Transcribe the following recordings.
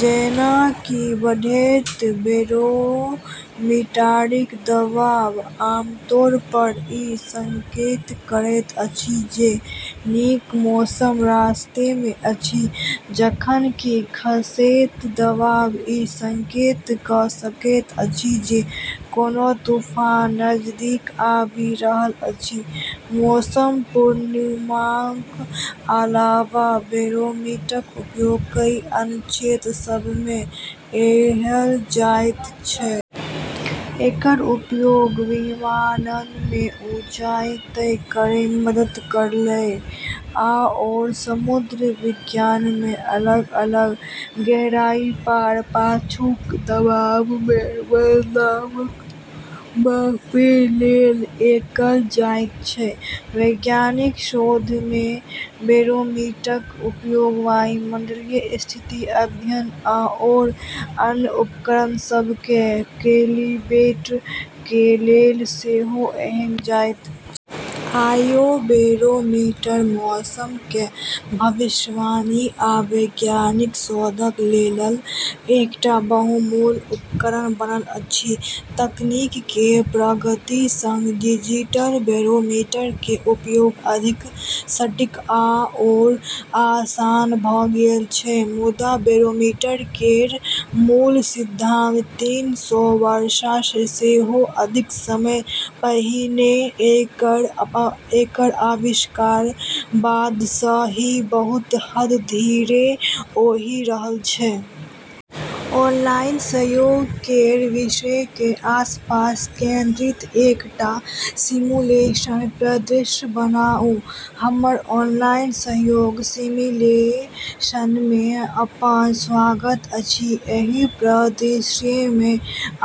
जेना कि बढ़ैत बैरोमीटरिक दबाव आमतौरपर ई संकेत करैत अछि जे नीक मौसम रास्तामे अछि, जखन कि खसैत दबाव ई संकेत कऽ सकैत अछि जे कोनो तूफान नजदीक आबि रहल अछि। मौसम पूर्वानुमानक अलावा बैरोमीटरक उपयोग कई अन्य क्षेत्र सभमे कएल जाइत छै। एकर उपयोग विमाननमे ऊँचाई तय करैमे मदद करै लेल आओर समुद्र विज्ञानमे अलग-अलग गहराईपर पाछूक दबावमे बदलावक मापै लेल कएल जाइत छै। वैज्ञानिक शोधमे बैरोमीटरक उपयोग वायुमंडलीय स्थितिक अध्ययन आओर अन्य उपकरण सभकेँ कैलिब्रेट करै लेल सेहो कएल जाइत छै। आइयो बैरोमीटर मौसमक भविष्यवाणी आ वैज्ञानिक शोधक लेल एकटा बहुमूल्य उपकरण बनल अछि। तकनीक केर प्रगति संग डिजिटल बैरोमीटर केर उपयोग अधिक सटीक आओर आसान भऽ गेल छै। मुदा बैरोमीटर केर मूल सिद्धांत तीन सौ वर्षसँ सेहो अधिक समय पहिने एकर आविष्कारक बादसँ ही बहुत हद धरि ओही रहल छै। ऑनलाइन सहयोग केर विषयक आसपास केंद्रित एकटा सिमुलेशन परिदृश्य बनाउ। हमर ऑनलाइन सहयोग सिमुलेशनमे अपन स्वागत अछि! एहि परिदृश्यमे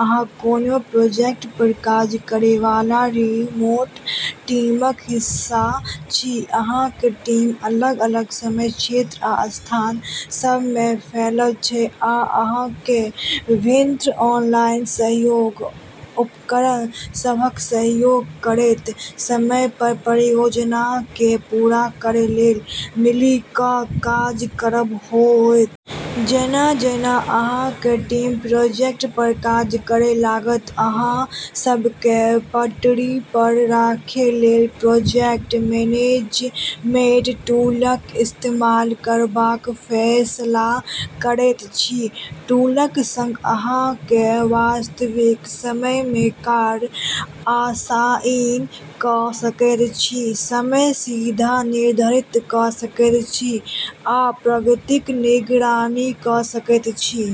अहाँ कोनो प्रोजेक्टपर काज करैवाला रिमोट टीमक हिस्सा छी। अहाँक टीम अलग-अलग समय क्षेत्र आ स्थान सभमे फैलल छै, आ अहाँकेँ विभिन्न ऑनलाइन सहयोग उपकरण सभक उपयोग करैत समयपर परियोजनाकेँ पूरा करै लेल मिलि कऽ काज करब होयत। जेना-जेना अहाँक टीम प्रोजेक्टपर काज करै लागत, अहाँ सभकेँ पटरीपर राखै लेल प्रोजेक्ट मैनेजमेंट टूलक इस्तेमाल करबाक फैसला करैत छी। टूलक संग, अहाँ वास्तविक समयमे कार्य असाइन कऽ सकैत छी, समय सीमा निर्धारित कऽ सकैत छी आ प्रगतिक निगरानी कऽ सकैत छी।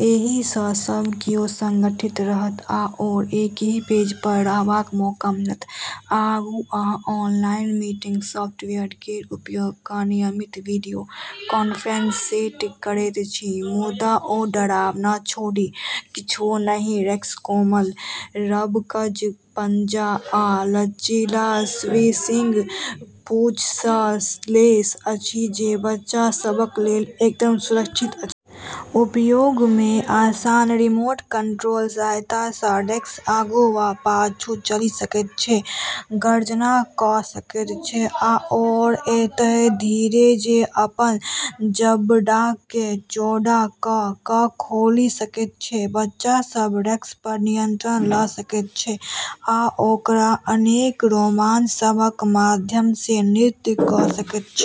एहिसँ सब कियो संगठित रहत आओर एकही पेजपर रहबाक मौका मिलत। आगू, अहाँ ऑनलाइन मीटिंग सॉफ्टवेयर केर उपयोग कऽ नियमित वीडियो कॉन्फ्रेंस सेट करैत छी। मुदा, ओ डरावना छोड़ि किछुओ नहि, रेक्स कोमल, रबरक पंजा आ लचीला, स्विशिंग पूँछसँ लैस अछि जे बच्चा सभक लेल एकदम सुरक्षित अछि। उपयोगमे आसान रिमोट कंट्रोलक सहायतासँ रेक्स आगू वा पाछू चलि सकैत छै, गर्जना कऽ सकैत छै, आओर एतय धरि जे अपन जबड़ाकेँ चौड़ा कऽ कऽ खोलि सकैत छै। बच्चा सभ रेक्सपर नियंत्रण लऽ सकैत छै आ ओकरा अनेक रोमांच सभक माध्यमसँ नेतृत्व कऽ सकैत छै।